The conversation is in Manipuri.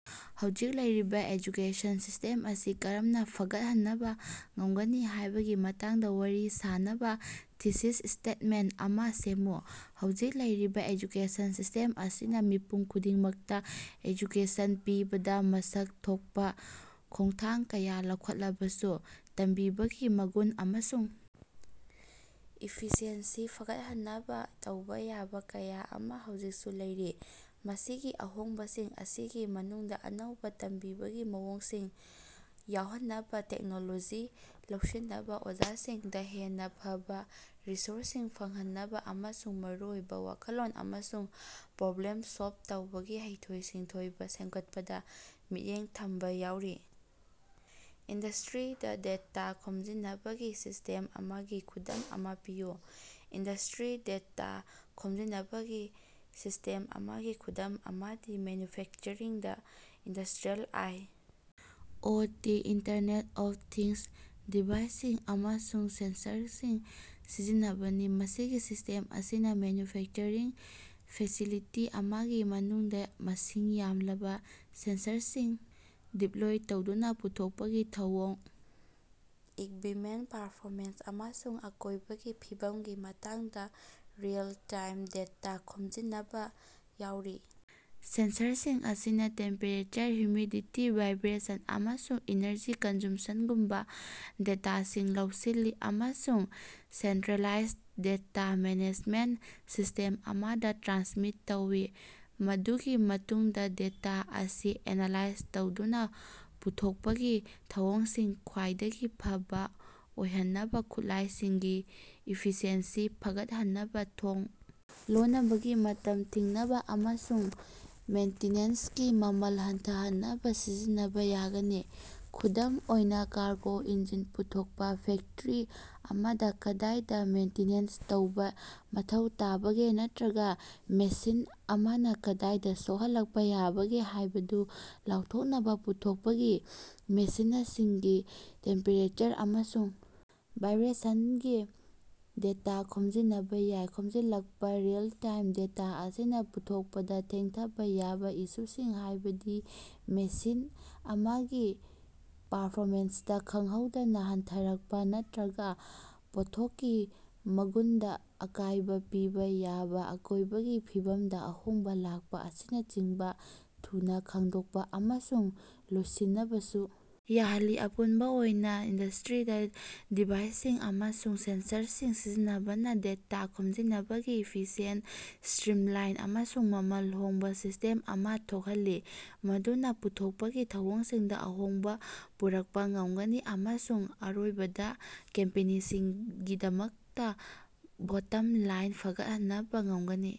ꯍꯧꯖꯤꯛ ꯂꯩꯔꯤꯕ ꯑꯦꯖꯨꯀꯦꯁꯟ ꯁꯤꯁ꯭ꯇꯦꯝ ꯑꯁꯤ ꯀꯔꯝꯅ ꯐꯒꯠꯍꯅꯕ ꯉꯝꯒꯅꯤ ꯍꯥꯏꯕꯒꯤ ꯃꯇꯥꯡꯗ ꯋꯥꯔꯤ ꯁꯥꯅꯕ ꯊꯤꯁꯤꯁ ꯁ꯭ꯇꯦꯇꯃꯦꯟꯇ ꯑꯃꯥ ꯁꯦꯝꯃꯨ꯫ ꯍꯧꯖꯤꯛ ꯂꯩꯔꯤꯕ ꯑꯦꯖꯨꯀꯦꯁꯟ ꯁꯤꯁ꯭ꯇꯦꯝ ꯑꯁꯤꯅ ꯃꯤꯄꯨꯝ ꯈꯨꯗꯤꯡꯃꯛꯇ ꯑꯦꯖꯨꯀꯦꯁꯟ ꯄꯤꯕꯗ ꯃꯁꯛ ꯊꯣꯛꯄ ꯈꯣꯡꯊꯥꯡ ꯀꯌꯥ ꯂꯧꯈꯠꯂꯕꯁꯨ, ꯇꯝꯕꯤꯕꯒꯤ ꯃꯒꯨꯟ ꯑꯃꯁꯨꯡ ꯏꯐꯤꯁꯤꯑꯦꯟꯁꯤ ꯐꯒꯠꯍꯟꯅꯕ ꯇꯧꯕ ꯌꯥꯕ ꯀꯌꯥ ꯑꯃꯥ ꯍꯧꯖꯤꯀꯁꯨ ꯂꯩꯔꯤ ꯃꯁꯤꯒꯤ ꯑꯍꯣꯡꯕꯁꯤꯡ ꯑꯁꯤꯒꯤ ꯃꯅꯨꯡꯗꯥ ꯑꯅꯧꯕ ꯇꯝꯕꯤꯕꯒꯤ ꯃꯑꯣꯡꯁꯤꯡ ꯌꯥꯑꯣꯍꯟꯅꯕ, ꯇꯦꯛꯅꯣꯂꯣꯖꯤ ꯂꯧꯁꯤꯅꯕ, ꯑꯣꯖꯥꯁꯤꯡꯗ ꯍꯦꯟꯅ ꯐꯕꯥ ꯔꯤꯁꯣꯔꯁꯁꯤꯡ ꯐꯪꯍꯟꯅꯕꯥ, ꯑꯃꯁꯨꯡ ꯃꯔꯨꯑꯣꯏꯕ ꯋꯥꯈꯜꯂꯣꯟ ꯑꯃꯁꯨꯡ ꯄ꯭ꯔꯣꯕ꯭ꯂꯦꯝ ꯁꯣꯜꯕ ꯇꯧꯕꯒꯤ ꯍꯩꯊꯣꯏ-ꯁꯤꯡꯊꯣꯏꯕ ꯁꯦꯝꯒꯠꯄꯗ ꯃꯤꯠꯌꯦꯡ ꯊꯝꯕ ꯌꯥꯑꯣꯔꯤ꯫ ꯏꯟꯗꯁ꯭ꯠꯔꯤꯗ ꯗꯦꯇꯥ ꯈꯣꯝꯖꯤꯅꯕꯒꯤ ꯁꯤꯁ꯭ꯇꯦꯝ ꯑꯃꯒꯤ ꯈꯨꯗꯝ ꯑꯃꯥ ꯄꯤꯌꯨ꯫ ꯏꯟꯗꯁ꯭ꯠꯔꯤꯗ ꯗꯦꯇꯥ ꯈꯣꯝꯖꯤꯅꯕꯒꯤ ꯁꯤꯁ꯭ꯇꯦꯝ ꯑꯃꯒꯤ ꯈꯨꯗꯝ ꯑꯃꯗꯤ ꯃꯦꯟꯌꯨꯐꯦꯛꯆꯔꯤꯡꯗꯥ industrial I. O. T. (Internet of things) ꯗꯤꯚꯥꯏꯁꯁꯤꯡ ꯑꯃꯁꯨꯡ ꯁꯦꯟꯁꯔꯁꯤꯡ ꯁꯤꯖꯤꯟꯅꯕꯅꯤ꯫ ꯃꯁꯤꯒꯤ ꯁꯤꯁ꯭ꯇꯦꯝ ꯑꯁꯤꯅꯥ ꯃꯦꯟꯌꯨꯐꯦꯛꯆꯔꯤꯡ ꯐꯦꯁꯤꯂꯤꯇꯤ ꯑꯃꯒꯤ ꯃꯅꯨꯡꯗꯥ ꯃꯁꯤꯡ ꯌꯥꯝꯂꯕ ꯁꯦꯟꯁꯔꯁꯤꯡ ꯗꯤꯞꯂꯣꯏ ꯇꯧꯗꯨꯅ ꯄꯨꯊꯣꯛꯄꯒꯤ ꯊꯧꯑꯣꯡ, ꯏꯛꯕꯤꯄꯃꯦꯟꯇ ꯄꯔꯐꯣꯃꯦꯟꯁ ꯑꯃꯁꯨꯡ ꯑꯀꯣꯏꯕꯒꯤ ꯐꯤꯕꯝꯒꯤ ꯃꯇꯥꯡꯗ ꯔꯤꯑꯦꯜ-ꯇꯥꯏꯝ ꯗꯦꯇꯥ ꯈꯣꯝꯖꯤꯅꯕꯥ ꯌꯥꯑꯣꯔꯤ꯫ ꯁꯦꯟꯁꯔꯁꯤꯡ ꯑꯁꯤꯅꯥ ꯇꯦꯝꯄꯦꯔꯦꯆꯔ, ꯍꯨꯃꯤꯗꯤꯇꯤ, ꯚꯥꯏꯕ꯭ꯔꯦꯁꯟ, ꯑꯃꯁꯨꯡ ꯏꯅꯔꯖꯤ ꯀꯟꯖꯨꯃꯁꯅꯒꯨꯝꯕ ꯗꯦꯇꯥꯁꯤꯡ ꯂꯧꯁꯤꯜꯂꯤ ꯑꯃꯁꯨꯡ ꯁꯦꯟꯠꯔꯦꯂꯥꯏꯖ ꯗꯦꯇꯥ ꯃꯦꯅꯦꯖꯃꯦꯟꯇ ꯁꯤꯁ꯭ꯇꯦꯝ ꯑꯃꯗꯥ ꯇ꯭ꯔꯥꯟꯁꯃꯤꯠ ꯇꯧꯏ꯫ ꯃꯗꯨꯒꯤ ꯃꯇꯨꯡꯗꯥ ꯗꯦꯇꯥ ꯑꯁꯤ ꯑꯦꯅꯥꯂꯥꯏꯖ ꯇꯧꯗꯨꯅꯥ ꯄꯨꯊꯣꯛꯄꯒꯤ ꯊꯧꯑꯣꯡꯁꯤꯡ ꯈ꯭ꯋꯥꯏꯗꯒꯤ ꯐꯕꯥ ꯑꯣꯏꯍꯟꯅꯕ, ꯈꯨꯠꯂꯥꯏꯁꯤꯡꯒꯤ ꯏꯐꯤꯁꯤꯑꯦꯟꯁꯤ ꯐꯒꯠꯍꯟꯅꯕ, ꯊꯣꯡ ꯂꯣꯅꯕꯒꯤ ꯃꯇꯝ ꯊꯤꯡꯅꯕꯥ ꯑꯃꯁꯨꯡ ꯃꯦꯟꯇꯤꯅꯦꯟꯁꯀꯤ ꯃꯃꯜ ꯍꯟꯊꯍꯟꯅꯕ ꯁꯤꯖꯤꯟꯅꯕ ꯌꯥꯒꯅꯤ꯫ ꯈꯨꯗꯝ ꯑꯣꯏꯅꯥ, ꯀꯥꯔꯒꯣ ꯏꯟꯖꯤꯟ ꯄꯨꯊꯣꯛꯄ ꯐꯦꯛꯇꯔꯤ ꯑꯃꯥꯗ, ꯀꯗꯥꯏꯗ ꯃꯦꯟꯇꯤꯅꯦꯟꯁ ꯇꯧꯕ ꯃꯊꯧ ꯇꯥꯕꯒꯦ, ꯅꯠꯇ꯭ꯔꯒ ꯃꯦꯁꯤꯟ ꯑꯃꯥꯅ ꯀꯗꯥꯏꯗ ꯁꯣꯛꯍꯜꯂꯛꯄ ꯌꯥꯕꯒꯦ ꯍꯥꯏꯕꯗꯨ ꯂꯥꯎꯊꯣꯛꯅꯕ ꯄꯨꯊꯣꯛꯄꯒꯤ ꯃꯦꯁꯤꯅꯁꯤꯡꯒꯤ ꯇꯦꯝꯄꯦꯔꯦꯆꯔ ꯑꯃꯁꯨꯡ ꯚꯥꯏꯕ꯭ꯔꯦꯁꯅꯒꯤ ꯗꯦꯇꯥ ꯈꯣꯝꯖꯤꯅꯕ ꯌꯥꯏ꯫ ꯈꯣꯃꯖꯤꯜꯂꯀꯄꯥ ꯔꯤꯑꯦꯜ-ꯇꯥꯏꯝ ꯗꯦꯇꯥ ꯑꯁꯤꯅꯥ ꯄꯨꯊꯣꯛꯄꯗ ꯊꯦꯡꯊꯥꯕ ꯌꯥꯕ ꯏꯁꯨꯁꯤꯡ, ꯍꯥꯏꯕꯗꯤ ꯃꯦꯁꯤꯟ ꯑꯃꯒꯤ ꯄꯔꯐꯣꯃꯦꯟꯁꯇꯥ ꯈꯪꯍꯧꯗꯅ ꯍꯟꯊꯔꯛꯄ, ꯅꯠꯇ꯭ꯔꯒ ꯄꯣꯠꯊꯣꯛꯀꯤ ꯃꯒꯨꯅꯗꯥ ꯑꯀꯥꯏꯕ ꯄꯤꯕ ꯌꯥꯕ ꯑꯀꯣꯏꯕꯒꯤ ꯐꯤꯕꯝꯗ ꯑꯍꯣꯡꯕ ꯂꯥꯛꯄ ꯑꯁꯤꯅꯆꯤꯡꯕ ꯊꯨꯅ ꯈꯪꯗꯣꯛꯄ ꯑꯃꯁꯨꯡ ꯂꯣꯏꯁꯤꯅꯕꯁꯨ ꯌꯥꯍꯜꯂꯤ꯫ ꯑꯄꯨꯟꯕ ꯑꯣꯏꯅ, ꯏꯟꯗꯁ꯭ꯠꯔꯤꯗ ꯗꯤꯚꯥꯏꯁꯁꯤꯡ ꯑꯃꯁꯨꯡ ꯁꯦꯟꯁꯔꯁꯤꯡ ꯁꯤꯖꯤꯟꯅꯕꯅ ꯗꯦꯇꯥ ꯈꯣꯝꯖꯤꯅꯕꯒꯤ ꯏꯐꯤꯁꯤꯑꯦꯟꯇ, ꯁ꯭ꯠꯔꯤꯃꯂꯥꯏꯟ ꯑꯃꯁꯨꯡ ꯃꯃꯜ ꯍꯣꯡꯕ ꯁꯤꯁ꯭ꯇꯦꯝ ꯑꯃꯥ ꯊꯣꯛꯍꯜꯂꯤ ꯃꯗꯨꯅ ꯄꯨꯊꯣꯛꯄꯒꯤ ꯊꯧꯑꯣꯡꯁꯤꯡꯗ ꯑꯍꯣꯡꯕ ꯄꯨꯔꯛꯄ ꯉꯝꯒꯅꯤ ꯑꯃꯁꯨꯡ ꯑꯔꯣꯏꯕꯗ ꯀꯝꯄꯦꯅꯤꯁꯤꯡꯒꯤꯗꯃꯛꯇꯥ ꯕꯣꯠꯇꯝ ꯂꯥꯏꯟ ꯐꯒꯠꯍꯅꯕ ꯉꯝꯒꯅꯤ꯫